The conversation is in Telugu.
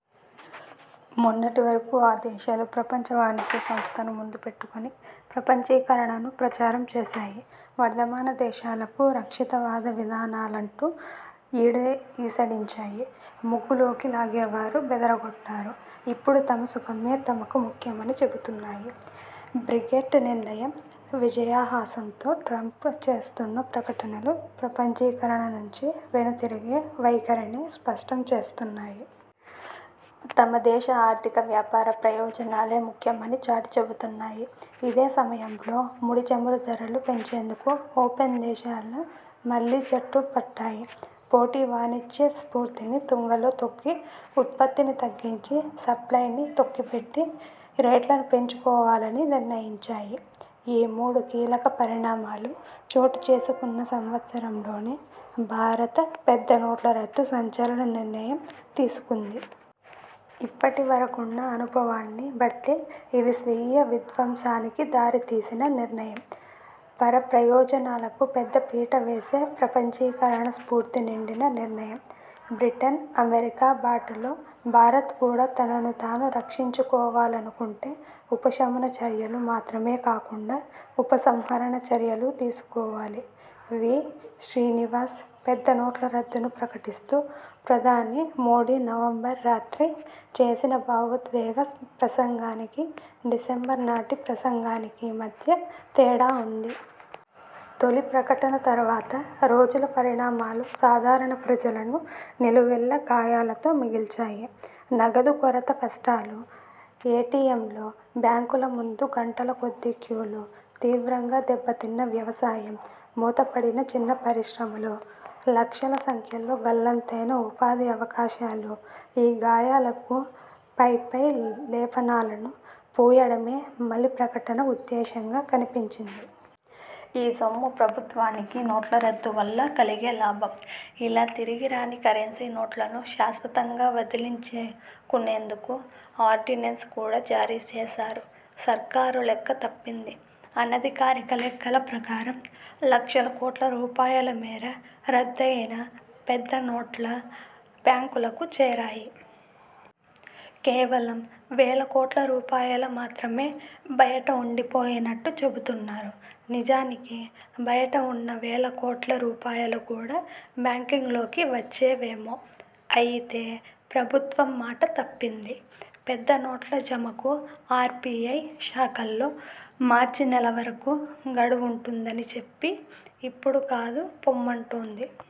మొన్నటి వరకు ఈ దేశాలు ప్రపంచ వాణిజ్య సంస్థ ను ముందు పెట్టుకొని ప్రపంచీకరణను ప్రచారం చేశాయి. వర్ధమాన దేశాలను రక్షితవాద విధానాలంటూ ఈసడించాయి. ముగ్గులోకి లాగేవరకు బెదరగొట్టాయి. ఇప్పుడు తమ సుఖమే తమకు ముఖ్యమని చెబుతున్నాయి. బ్రెగ్జిట్ నిర్ణయం, విజయహాసంతో ట్రంప్ చేస్తున్న ప్రకటనలు ప్రపంచీకరణ నుంచి వెనుతిరిగే వైఖరినే స్పష్టం చేస్తున్నాయి. తమ దేశ ఆర్థిక, వ్యాపార ప్రయోజనాలే ముఖ్యమని చాటి చెబుతున్నాయి. ఇదే సమయంలో ముడి చమురు ధరలు పెంచేందుకు ఒపెక్ దేశాల మళ్లీ జట్టుకట్టాయి. పోటీ వాణిజ్య స్ఫూర్తిని తుంగలో తొక్కి ఉత్పత్తిని తగ్గించి, సప్లయ్ని తొక్కిపెట్టి రేట్లను పెంచుకోవాలని నిర్ణయించాయి. ఈ మూడు కీలక పరిణామాలు చోటుచేసుకున్న సంవత్సరంలోనే భారత పెద్ద నోట్ల రద్దు సంచలన నిర్ణయం తీసుకుంది. ఇప్పటివరకున్న అనుభవాన్ని బట్టి ఇది స్వీయవిధ్వంసానికి దారితీసిన నిర్ణయం. పరప్రయోజనాలకు పెద్దపీటవేసే ప్రపంచీకరణ స్ఫూర్తి నిండిన నిర్ణయం. బ్రిటన్, అమెరికా బాటలో భారత్ కూడా తనను తాను రక్షించుకోవాలనుకుంటే ఉపశమన చర్యలు మాత్రమే కాకుండా ఉపసంహరణ చర్యలూ తీసుకోవాలి. వి. శ్రీనివాస్ పెద్ద నోట్ల రద్దును ప్రకటిస్తూ ప్రధాని మోదీ నవంబర్ రాత్రి చేసిన భావోద్వేగ ప్రసంగానికీ, డిసెంబర్ నాటి ప్రసంగానికి మధ్య తేడా ఉంది. తొలి ప్రకటన తర్వాత రోజుల పరిణామాలు సాధారణ ప్రజలను నిలువెల్లా గాయాలతో మిగిల్చాయి. నగదు కొరత కష్టాలు, ఎటిఎంలు, బ్యాంకుల ముందు గంటల కొద్దీ క్యూలు, తీవ్రంగా దెబ్బతిన్న వ్యవసాయం, మూతపడిన చిన్న పరిశ్రమలు, లక్షల సంఖ్యలో గల్లంతైన ఉపాధి అవకాశాలు ఈ గాయాలకు పైపై లేపనాలను పూయడమే మలి ప్రకటన ఉద్దేశ్యంగా కనిపించింది. ఈ సొమ్ము ప్రభుత్వానికి నోట్ల రద్దు వల్ల కలిగే లాభం. ఇలా తిరిగి రాని కరెన్సీ నోట్లను శాశ్వతంగా వదిలించుకునేందుకే ఆర్డినెన్స్ కూడా జారీ చేశారు. సర్కారు లెక్క తప్పింది. అనధికారిక లెక్కల ప్రకారం లక్షల కోట్ల రూపాయల మేర రద్దయిన పెద్ద నోట్లు బ్యాంకులకు చేరాయి. కేవలం వేల కోట్ల రూపాయల మాత్రమే బయట ఉండిపోయినట్టు చెబుతున్నారు. నిజానికి బయట ఉన్న వేల కోట్ల రూపాయలు కూడా బ్యాంకింగ్లోకి వచ్చేవేమో అయితే ప్రభుత్వం మాట తప్పింది. పెద్ద నోట్ల జమకు ఆర్బిఐ శాఖల్లో మార్చి నెల వరకు గడువుంటుందని చెప్పి, ఇప్పుడు కాదు పొమ్మంటోంది.